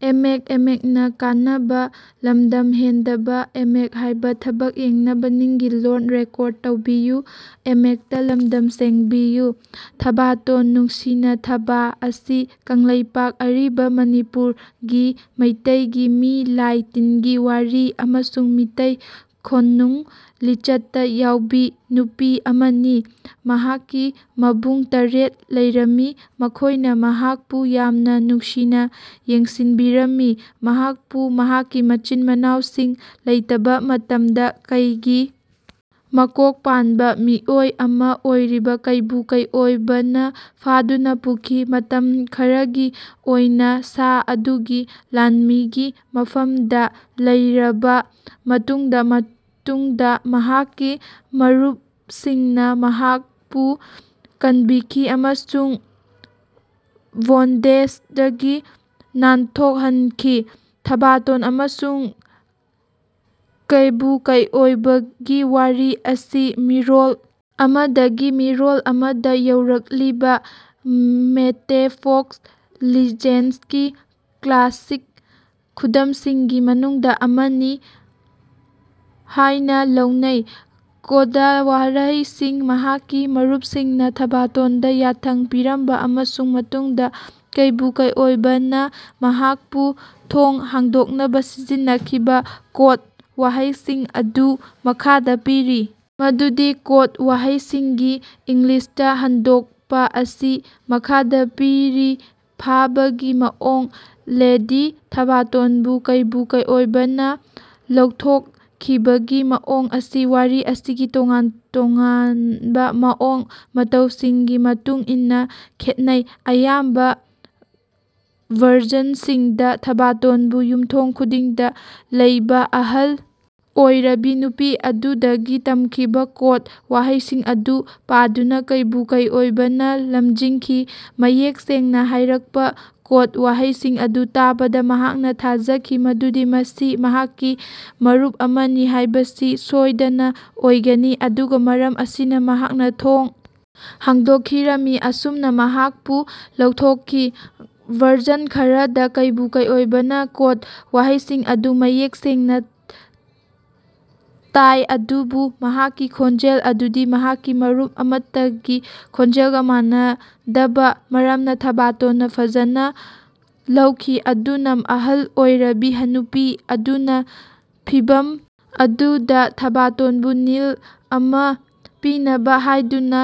ꯊꯕꯥꯇꯣꯟ, ꯅꯨꯡꯁꯤꯅꯥ ꯊꯕꯥ, ꯑꯁꯤ ꯀꯪꯂꯩꯄꯥꯛ (ꯑꯔꯤꯕ ꯃꯅꯤꯄꯨꯔ)ꯒꯤ ꯃꯤꯇꯩꯒꯤ ꯃꯤ ꯂꯥꯢ ꯇꯤꯟꯒꯤ ꯋꯥꯔꯤ ꯑꯃꯁꯨꯡ ꯃꯤꯇꯩ ꯈꯨꯟꯅꯨꯡ ꯂꯤꯆꯠꯇ ꯌꯥꯎꯕꯤ ꯅꯨꯄꯤ ꯑꯃꯅꯤ꯫ ꯃꯍꯥꯛꯀꯤ ꯃꯕꯨꯡ ꯇꯔꯦꯠ ꯂꯩꯔꯝꯃꯤ꯫ ꯃꯈꯣꯏꯅ ꯃꯍꯥꯛꯄꯨ ꯌꯥꯝꯅ ꯅꯨꯡꯁꯤꯅ ꯌꯦꯡꯁꯤꯟꯕꯤꯔꯝꯃꯤ꯫ ꯃꯍꯥꯛꯄꯨ ꯃꯍꯥꯛꯀꯤ ꯃꯆꯤꯟ-ꯃꯅꯥꯎꯁꯤꯡ ꯂꯩꯇꯕ ꯃꯇꯝꯗ ꯀꯩꯒꯤ ꯃꯀꯣꯛ ꯄꯥꯟꯕ ꯃꯤꯑꯣꯏ ꯑꯃ ꯑꯣꯏꯔꯤꯕ ꯀꯩꯕꯨ ꯀꯩꯑꯣꯢꯕꯅ ꯐꯥꯗꯨꯅ ꯄꯨꯈꯤ꯫ ꯃꯇꯝ ꯈꯔꯒꯤ ꯑꯣꯏꯅꯥ ꯁꯥ ꯑꯗꯨꯒꯤ ꯂꯥꯟꯃꯤꯒꯤ ꯃꯐꯝꯗꯥ ꯂꯩꯔꯕꯥ ꯃꯇꯨꯡꯗꯥ ꯃꯇꯨꯡꯗꯥ ꯃꯍꯥꯛꯀꯤ ꯃꯔꯨꯞꯁꯤꯡꯅꯥ ꯃꯍꯥꯛꯄꯨ ꯀꯟꯕꯤꯈꯤ ꯑꯃꯁꯨꯡ ꯕꯣꯟꯗꯦꯖꯗꯒꯤ ꯅꯥꯟꯊꯣꯠꯍꯟꯈꯤ꯫ ꯊꯥꯕꯇꯣꯟ ꯑꯃꯁꯨꯡ ꯀꯦꯏꯕꯨ ꯀꯦꯏꯑꯣꯏꯕꯥꯒꯤ ꯋꯥꯔꯤ ꯑꯁꯤ ꯃꯤꯔꯣꯜ ꯑꯃꯗꯒꯤ ꯃꯤꯔꯣꯜ ꯑꯃꯗꯥ ꯌꯧꯔꯛꯂꯤꯕꯥ ꯃꯦꯏꯇꯦꯏ ꯐꯣꯛ ꯂꯤꯖꯦꯟꯁꯀꯤ ꯀ꯭ꯂꯥꯁꯤꯛ ꯈꯨꯗꯝꯁꯤꯡꯒꯤ ꯃꯅꯨꯡꯗꯥ ꯑꯃꯅꯤ ꯍꯥꯏꯅꯥ ꯂꯧꯅꯩ꯫ ꯀꯣꯗ ꯋꯥꯍꯩꯁꯤꯡ ꯃꯍꯥꯛꯀꯤ ꯃꯔꯨꯄꯁꯤꯡꯅꯥ ꯊꯥꯕꯇꯣꯟꯗꯥ ꯌꯥꯊꯪ ꯄꯤꯔꯝꯕꯥ ꯑꯃꯁꯨꯡ ꯃꯇꯨꯡꯗꯥ ꯀꯦꯏꯕꯨ ꯀꯦꯏꯑꯣꯏꯕꯥꯅ ꯃꯍꯥꯛꯄꯨ ꯊꯣꯡ ꯍꯥꯡꯗꯣꯛꯅꯕꯥ ꯁꯤꯖꯤꯟꯅꯈꯤꯕꯥ ꯀꯣꯗ ꯋꯥꯍꯩꯁꯤꯡ ꯑꯗꯨ ꯃꯈꯥꯗꯥ ꯄꯤꯔꯤ ꯃꯗꯨꯗꯤ ꯀꯣꯗ ꯋꯥꯍꯩꯁꯤꯡꯒꯤ ꯏꯪꯂꯤꯁꯇꯥ ꯍꯟꯗꯣꯛꯄꯥ ꯑꯁꯤ ꯃꯈꯥꯗꯥ ꯄꯤꯔꯤ ꯐꯥꯕꯒꯤ ꯃꯑꯣꯡ ꯂꯦꯗꯤ ꯊꯥꯕꯇꯟꯕꯨ ꯀꯦꯏꯕꯨ ꯀꯦꯏꯑꯣꯏꯕꯥꯅꯥ ꯂꯧꯊꯣꯛꯈꯤꯕꯒꯤ ꯃꯑꯣꯡ ꯑꯁꯤ ꯋꯥꯔꯤ ꯑꯁꯤꯒꯤ ꯇꯣꯉꯥꯟ ꯇꯣꯉꯥꯅꯕꯥ ꯃꯑꯣꯡ ꯃꯇꯧꯁꯤꯡꯒꯤ ꯃꯇꯨꯡ ꯏꯟꯅꯥ ꯈꯦꯠꯅꯩ꯫ ꯑꯌꯥꯝꯕꯥ ꯚꯔꯖꯟꯁꯤꯡꯗꯥ ꯊꯥꯕꯇꯣꯟꯕꯨ ꯌꯨꯝꯊꯣꯡ ꯈꯨꯗꯤꯡꯗꯥ ꯂꯩꯕꯥ ꯑꯍꯜ ꯑꯣꯏꯔꯕꯤ ꯅꯨꯄꯤ ꯑꯗꯨꯗꯒꯤ ꯇꯝꯈꯤꯕꯥ ꯀꯣꯗ ꯋꯥꯍꯩꯁꯤꯡ ꯑꯗꯨ ꯄꯥꯗꯨꯅꯥ ꯀꯦꯏꯕꯨ ꯀꯦꯏꯑꯣꯏꯕꯥꯅꯥ ꯂꯝꯖꯤꯡꯈꯤ꯫ ꯃꯌꯦꯛ ꯁꯦꯡꯅꯥ ꯍꯥꯏꯔꯛꯄꯥ ꯀꯣꯗ ꯋꯥꯍꯩꯁꯤꯡ ꯑꯗꯨ ꯇꯥꯕꯗꯥ ꯃꯍꯥꯛꯅꯥ ꯊꯥꯖꯈꯤ ꯃꯗꯨꯗꯤ ꯃꯁꯤ ꯃꯍꯥꯛꯀꯤ ꯃꯔꯨꯞ ꯑꯃꯅꯤ ꯍꯥꯏꯕꯁꯤ ꯁꯣꯏꯗꯅꯥ ꯑꯣꯏꯒꯅꯤ꯫ ꯑꯗꯨꯒ ꯃꯔꯝ ꯑꯁꯤꯅꯥ, ꯃꯍꯥꯛꯅ ꯊꯣꯉ ꯍꯥꯡꯗꯣꯛꯈꯤꯔꯝꯃꯤ꯫ ꯑꯁꯨꯝꯅꯥ ꯃꯍꯥꯀꯄꯨ ꯂꯧꯊꯣꯛꯈꯤ꯫ ꯚꯔꯖꯟ ꯈꯔꯗꯥ ꯀꯦꯏꯕꯨ ꯀꯦꯏꯑꯣꯏꯕꯥꯅ ꯀꯣꯗ ꯋꯥꯍꯩꯁꯤꯡ ꯑꯗꯨ ꯃꯌꯦꯛ ꯁꯦꯡꯅꯥ ꯇꯥꯀꯏ ꯑꯗꯨꯕꯨ ꯃꯍꯥꯛꯀꯤ ꯈꯣꯟꯖꯦꯜ ꯑꯗꯨꯗꯤ ꯃꯍꯥꯛꯀꯤ ꯃꯔꯨꯞ ꯑꯃꯠꯇꯒꯤ ꯈꯣꯟꯖꯦꯜꯒꯥ ꯃꯥꯟꯅꯗꯕ ꯃꯔꯝꯅꯥ ꯊꯥꯕꯇꯣꯟꯅꯥ ꯐꯖꯅ ꯂꯧꯈꯤ꯫ ꯑꯗꯨꯅꯥ, ꯑꯍꯜ ꯑꯣꯏꯔꯕꯤ ꯅꯨꯄꯤ ꯑꯗꯨꯅꯥ ꯐꯤꯚꯝ ꯑꯗꯨꯗꯥ ꯊꯕꯇꯣꯟꯕꯨ ꯅꯤꯜ ꯑꯃꯥ ꯄꯤꯅꯕꯥ ꯍꯥꯏꯗꯨꯅꯥ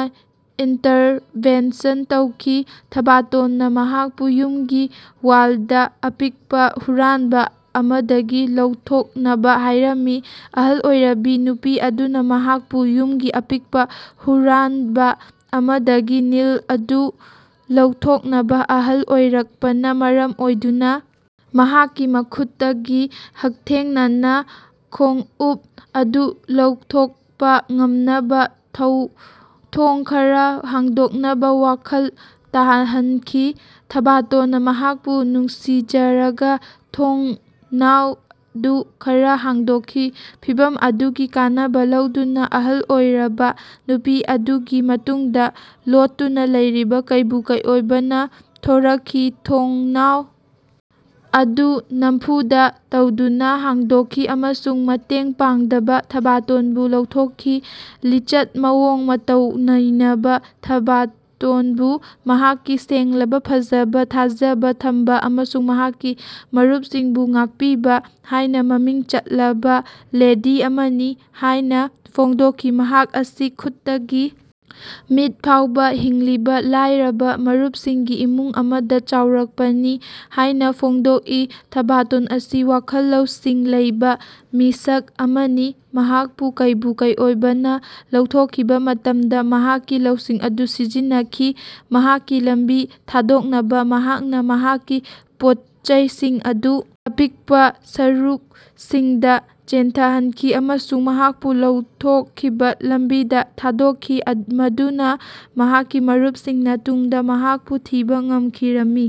ꯏꯟꯇꯔꯚꯦꯟꯁꯟ ꯇꯧꯈꯤ꯫ ꯊꯥꯕꯇꯣꯟꯅꯥ ꯃꯍꯥꯛꯄꯨ ꯌꯨꯝꯒꯤ ꯋꯥꯂꯗꯥ ꯑꯄꯤꯛꯄꯥ ꯍꯨꯔꯥꯟꯕ ꯑꯃꯗꯒꯤ ꯂꯧꯊꯣꯛꯅꯕꯥ ꯍꯥꯏꯔꯝꯃꯤ꯫ ꯑꯍꯜ ꯑꯣꯏꯔꯕꯤ ꯅꯨꯄꯤ ꯑꯗꯨꯅꯥ ꯃꯍꯥꯛꯄꯨ ꯌꯨꯃꯒꯤ ꯑꯄꯤꯛꯄꯥ ꯍꯨꯔꯥꯟꯕꯥ ꯑꯃꯗꯒꯤ ꯅꯤꯜ ꯑꯗꯨ ꯂꯧꯊꯣꯛꯅꯕꯥ ꯑꯍꯜ ꯑꯣꯏꯔꯛꯄꯅꯥ ꯃꯔꯝ ꯑꯣꯏꯗꯨꯅꯥ ꯃꯍꯥꯛꯀꯤ ꯃꯈꯨꯠꯇꯒꯤ ꯍꯛꯊꯦꯡꯅꯅꯥ ꯈꯣꯉꯎꯞ ꯑꯗꯨ ꯂꯧꯊꯣꯀꯄꯥ ꯉꯝꯅꯕꯥ ꯊꯣꯉ ꯈꯔꯥ ꯍꯥꯡꯗꯣꯛꯅꯕꯥ ꯋꯥꯈꯜ ꯇꯥꯍꯅꯈꯤ꯫ ꯊꯥꯕꯇꯣꯟꯅꯥ ꯃꯍꯥꯛꯄꯨ ꯅꯨꯡꯁꯤꯖꯔꯒꯥ ꯊꯣꯉꯅꯥꯑꯣꯗꯨ ꯈꯔꯥ ꯍꯥꯡꯗꯣꯛꯈꯤ꯫ ꯐꯤꯚꯝ ꯑꯗꯨꯒꯤ ꯀꯥꯟꯅꯕꯥ ꯂꯧꯗꯨꯅꯥ ꯑꯍꯜ ꯑꯣꯏꯔꯕꯥ ꯅꯨꯄꯤ ꯑꯗꯨꯒꯤ ꯃꯇꯨꯡꯗꯥ ꯂꯣꯠꯇꯨꯅꯥ ꯂꯩꯔꯤꯕꯥ ꯀꯦꯏꯕꯨ ꯀꯦꯏꯑꯣꯏꯕꯥꯅ ꯊꯣꯔꯛꯈꯤ, ꯊꯣꯉꯅꯥꯎ ꯑꯗꯨ ꯅꯥꯝꯐꯨꯗ ꯇꯧꯗꯨꯅꯥ ꯍꯥꯡꯗꯣꯛꯈꯤ ꯑꯃꯁꯨꯡ ꯃꯇꯦꯡ ꯄꯥꯡꯗꯕ ꯊꯥꯕꯇꯣꯟꯕꯨ ꯂꯧꯊꯣꯛꯈꯤ꯫ ꯂꯤꯆꯠ ꯃꯑꯣꯡ ꯃꯇꯧ ꯅꯩꯅꯕ ꯊꯥꯕꯇꯣꯅꯕꯨ ꯃꯍꯥꯛꯀꯤ ꯁꯦꯡꯂꯕꯥ, ꯐꯖꯕꯥ, ꯊꯥꯖꯕꯥ ꯊꯝꯕꯥ ꯑꯃꯁꯨꯡ ꯃꯍꯥꯛꯀꯤ ꯃꯔꯨꯄꯁꯤꯡꯕꯨ ꯉꯥꯛꯄꯤꯕꯥ ꯍꯥꯏꯅꯥ ꯃꯃꯤꯡ ꯆꯠꯂꯕꯥ ꯂꯦꯗꯤ ꯑꯃꯅꯤ ꯍꯥꯌꯅꯥ ꯐꯣꯡꯗꯣꯛꯈꯤ꯫ ꯃꯍꯥꯛ ꯑꯁꯤ ꯈꯨꯠꯇꯒꯤ ꯃꯤꯠ ꯐꯥꯎꯕꯥ ꯍꯤꯡꯂꯤꯕ ꯂꯥꯏꯔꯕ ꯃꯔꯨꯞꯁꯤꯡꯒꯤ ꯏꯃꯨꯡ ꯑꯃꯗ ꯆꯥꯎꯔꯛꯄꯅꯤ ꯍꯥꯏꯅꯥ ꯐꯣꯡꯗꯣꯛꯏ꯫ ꯊꯥꯕꯇꯣꯟ ꯑꯁꯤ ꯋꯥꯈꯜ ꯂꯧꯁꯤꯡ ꯂꯩꯕꯥ ꯃꯤꯁꯛ ꯑꯃꯅꯤ꯫ ꯃꯍꯥꯛꯄꯨ ꯀꯦꯏꯕꯨ ꯀꯦꯏꯑꯣꯏꯕꯥꯅ ꯂꯧꯊꯣꯛꯈꯤꯕ ꯃꯇꯝꯗꯥ ꯃꯍꯥꯛꯀꯤ ꯂꯧꯁꯤꯡ ꯑꯗꯨ ꯁꯤꯖꯤꯟꯅꯈꯤ꯫ ꯃꯍꯥꯛꯀꯤ ꯂꯝꯕꯤ ꯊꯥꯗꯣꯛꯅꯕꯥ ꯃꯍꯥꯛꯅꯥ ꯃꯍꯥꯛꯀꯤ ꯄꯣꯠꯆꯩꯁꯤꯡ ꯑꯗꯨ ꯑꯄꯤꯛꯄꯥ ꯁꯔꯨꯛꯁꯤꯡꯗꯥ ꯆꯦꯟꯊꯈꯤ ꯑꯃꯁꯨꯡ ꯃꯍꯥꯛꯄꯨ ꯂꯧꯊꯣꯛꯈꯤꯕ ꯂꯝꯕꯤꯗ ꯊꯥꯗꯣꯛꯈꯤ ꯃꯗꯨꯅ ꯃꯍꯥꯛꯀꯤ ꯃꯔꯨꯄꯁꯤꯡꯅ ꯇꯨꯡꯗ ꯃꯍꯥꯛꯄꯨ ꯊꯤꯕꯥ ꯉꯝꯈꯤꯔꯝꯃꯤ꯫